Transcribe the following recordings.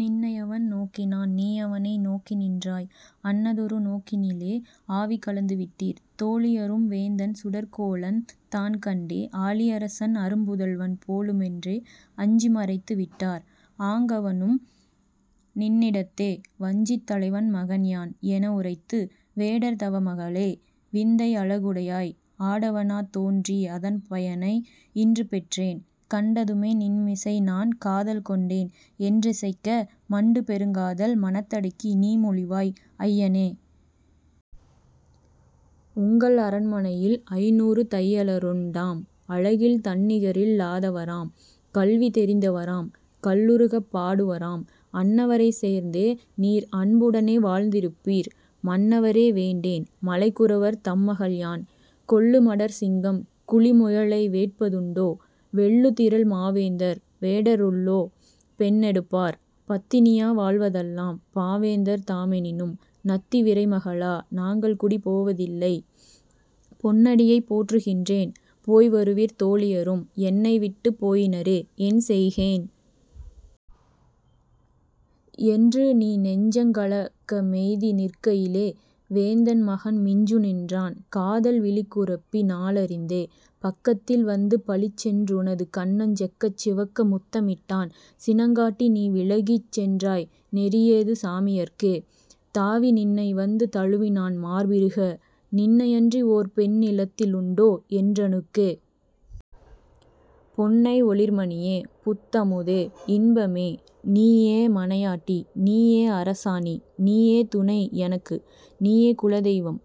நின்னையவன் நோக்கினான்; நீயவனை நோக்கி நின்றாய்; அன்னதொரு நோக்கினிலே ஆவி கலந்துவிட்டீர். தோழியரும் வேந்தன் சுடர்க்கோலந் தான்கண்டே ஆழியரசன் அரும்புதல்வன் போலு மென்றே அஞ்சி மறைத்து விட்டார். ஆங்கவனும் நின்னிடத்தே. ''வஞ்சித் தலைவன் மகன்யான்'' எனவுரைத்து, ''வேடர் தவமகளே! விந்தை யழகுடையாய்! ஆடவனாத் தோன்றி யதன்பயனை இன்று பெற்றேன்; கண்டதுமே நின்மிசைநான் காதல்கொண்டேன்'' என்றிசைக்க, மண்டு பெருங்காதல் மனத்தடக்கி நீ மொழிவாய்; ''ஐயனே! உங்கள் அரமனையில் ஐந்நூறு தையலருண் டாம்; அழகில் தன்னிகரில் லாதவராம்; கல்வி தெரிந்தவராம்; கல்லுருகப் பாடுவராம்; அன்னவரைச் சேர்ந்தே நீர் அன்புடனே வாழ்ந்திருப்பீர், மன்னவரே வேண்டேன், மலைக்குறவர் தம்மகள்யான்; கொல்லு மடற்சிங்கம் குழிமுயலை வேட்பதுண்டோ? வெல்லுதிறல்மாவேந்தர் வேடருள்ளோ பெண்ணெடுப்பார்? பத்தினியா வாழ்வதல்லாம் பார்வேந்தர் தாமெனினும் நத்தி விரைமகளா நாங்கள்குடி போவதில்லை, பொன்னடியைப் போற்றுகின்றேன், போய் வருவீர் தோழியரும் என்னைவிட்டுப் போயினரே, என்செய்கேன்? '' என்று நீ நெஞ்சங் கலக்கமெய்தி நிற்கையிலே, வேந்தன் மகன் மிஞ்சுநின்றான் காதல் விழிக்குறிப்பி னாலறிந்தே,। பக்கத்தில் வந்து பளிச்சென் றுனது கன்னஞ் செக்கச் சிவக்க முத்தமிட்டான் சினங்காட்டி நீ விலகிச் சென்றாய் நெறியேது சாமியர்க்கே? தாவி நின்னைவந்து தழுவினான் மார்பிறுக. ''நின்னையன்றி ஓர் பெண் நிலத்திலுண்டோ என்றனுக்கே? பொன்னை, ஒளிர்மணியே. புத்தமுதே, இன்பமே, நீயே மனையாட்டி, நீயே அரசாணி, நீயே துணை எனக்கு. நீயே குலதெய்வம்.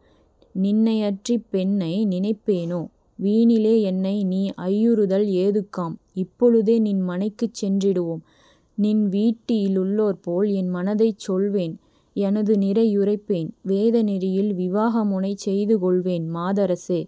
நின்னையன்றிப் பெண்ணை, நினைப்பேனொ; வீணிலே என்னை நீ ஐயுறுதல் ஏதுக்காம்? இப்பொழுதே நின்மனைக்குச் சென்றிடுவோம்; நின்வீட்டி லுள்ளோர்பால் என்மனதைச் சொல்வேன். எனதுநிரை யுரைப்பேன். வேத நெறியில் விவாகமுனைச் செய்துகொள்வேன், மாதரசே!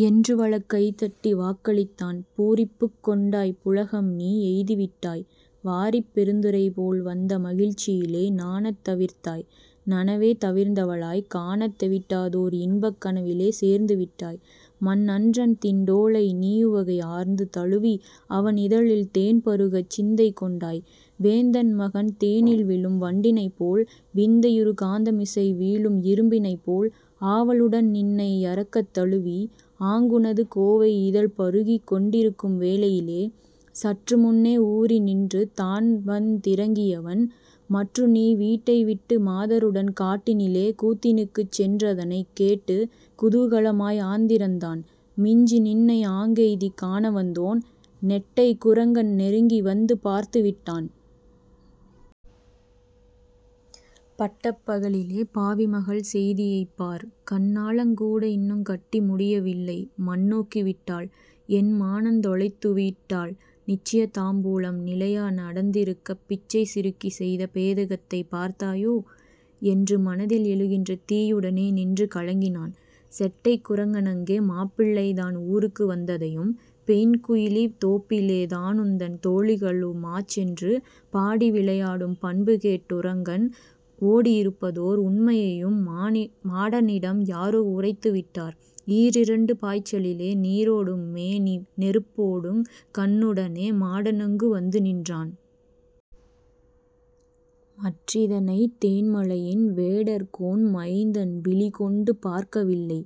'' என்று வலக் கைதட்டி வாக்களித்தான். பூரிப்புக் கொண்டாய் புளகம்நீ எய்திவிட்டாய். வாரிப் பெருந்திரைபோல் வந்த மகிழ்ச்சியிலே நாணந் தவிர்த்தாய்; நனவே தவிர்ந்தவளாய், காணத் தெவிட்டாதோர் இன்பக் கனவிலே சேர்ந்துவிட்டாய், மன்னன்றன் திண்டோ ளை நீயுவகை ஆர்ந்து தழுவி அவனிதழில் தேன்பருகச் சிந்தை கொண்டாய், வேந்தன் மகன், தேனில் விழும் வண்டினைப்போல் விந்தையுறு காந்தமிசை வீழும் இரும்பினைப்போல், ஆவலுடன் நின்னை யறக்தழுவி, ஆங்குனது கோவை யிதழ்பருகிக் கொண்டிருக்கும் வேளையிலே, சற்றுமுன்னே ஊரினின்று தான்வந் திறங்கியவன், மற்றுநீ வீட்டைவிட்டு மாதருடன் காட்டினிலே கூத்தினுக்குச் சென்றதனைக் கேட்டு குதூகலமாய் ஆத்திரந்தான் மிஞ்சிநின்னை ஆங்கெய்திக் காணவந்தோன், நெட்டைக் குரங்கன் நெருங்கிவந்து பார்த்து விட்டான். ''பட்டப் பகலிலே! பாவிமகள் செய்தியைப் பார்! கண்ணாலங் கூடஇன்னுங் கட்டி முடியவில்லை மண்ணாக்கி விட்டாள்! என்மானந்தொலைத்துவிட்டாள். 'நிச்சய தாம்பூலம்' நிலையா நட ந்திருக்கப் பிச்சைச் சிறுக்கி செய்த பேதகத்தைப் பார்த்தாயோ? '' என்று மனதில் எழுகின்ற தீயுடனே நின்று கலங்கினான் செட்டைக் குரங்கனங்கே மாப்பிள்ளைதான் ஊருக்கு வந்ததையும், பெண்குயிலி, தோப்பிலே தானுந்தன் தோழிகளு மாச்சென்று பாடி விளையாடும் பண்புகேட் டேகுரங்கன் ஓடி யிருப்பதோர் உண்மையையும் மாடனிடம் யாரோ உரைத்துவிட்டார்: ஈரிரண்டு பாய்ச்சலிலே நீரோடும் மேனி நெருப்போடுங் கண்ணுடனே மாடனங்கு வந்துநின்றான். மற்றிதனைத் தேன்மலையின் வேடர்கோன் மைந்தன் விழிகொண்டு பார்க்கவில்லை.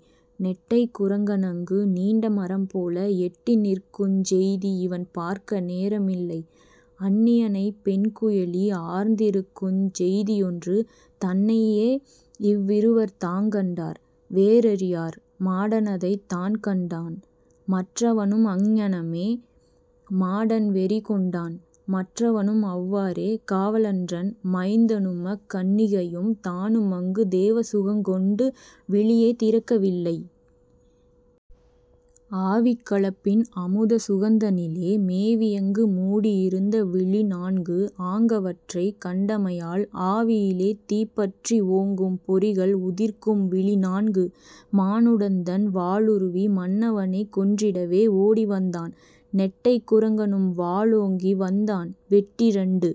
நெட்டைக் குரங்கனங்கு நீண்ட மரம்போல எட்டிநிற்குஞ் செய்தி இவன்பார்க்க நேரமில்லை. அன்னியனைப் பெண்குயிலி ஆர்ந்திருக்குஞ் செய்தியொன்று தன்னையே இவ்விருவர் தாங்கண்டார், வேறறியார். மாடனதைத் தான்கண்டான், மற்றவனும் அங்ஙனமே. மாடன் வெறிகொண்டான், மற்றுவனும் அவ்வாறே. காவலன்றன் மைந்தனுமக் கன்னிகையும் தானுமங்கு தேவசுகங் கொண்டு விழியே திறக்கவில்லை. ஆவிக் கலப்பின் அமுத சுகந்தனிலே மேவியங்கு மூடி யிருந்த விழிநான்கு ஆங்கவற்றைக் கண்டமையால் ஆவியிலே தீப்பற்றி ஓங்கும் பொறிகள் உதிர்க்கும் விழிநான்கு. மாடனுந்தன் வாளுருவி மன்னவனைக் கொன்றிடவே ஓடிவந்தான்; நெட்டைக் குரங்கனும் வாளோங்கி வந்தான்; வெட்டிரண்டு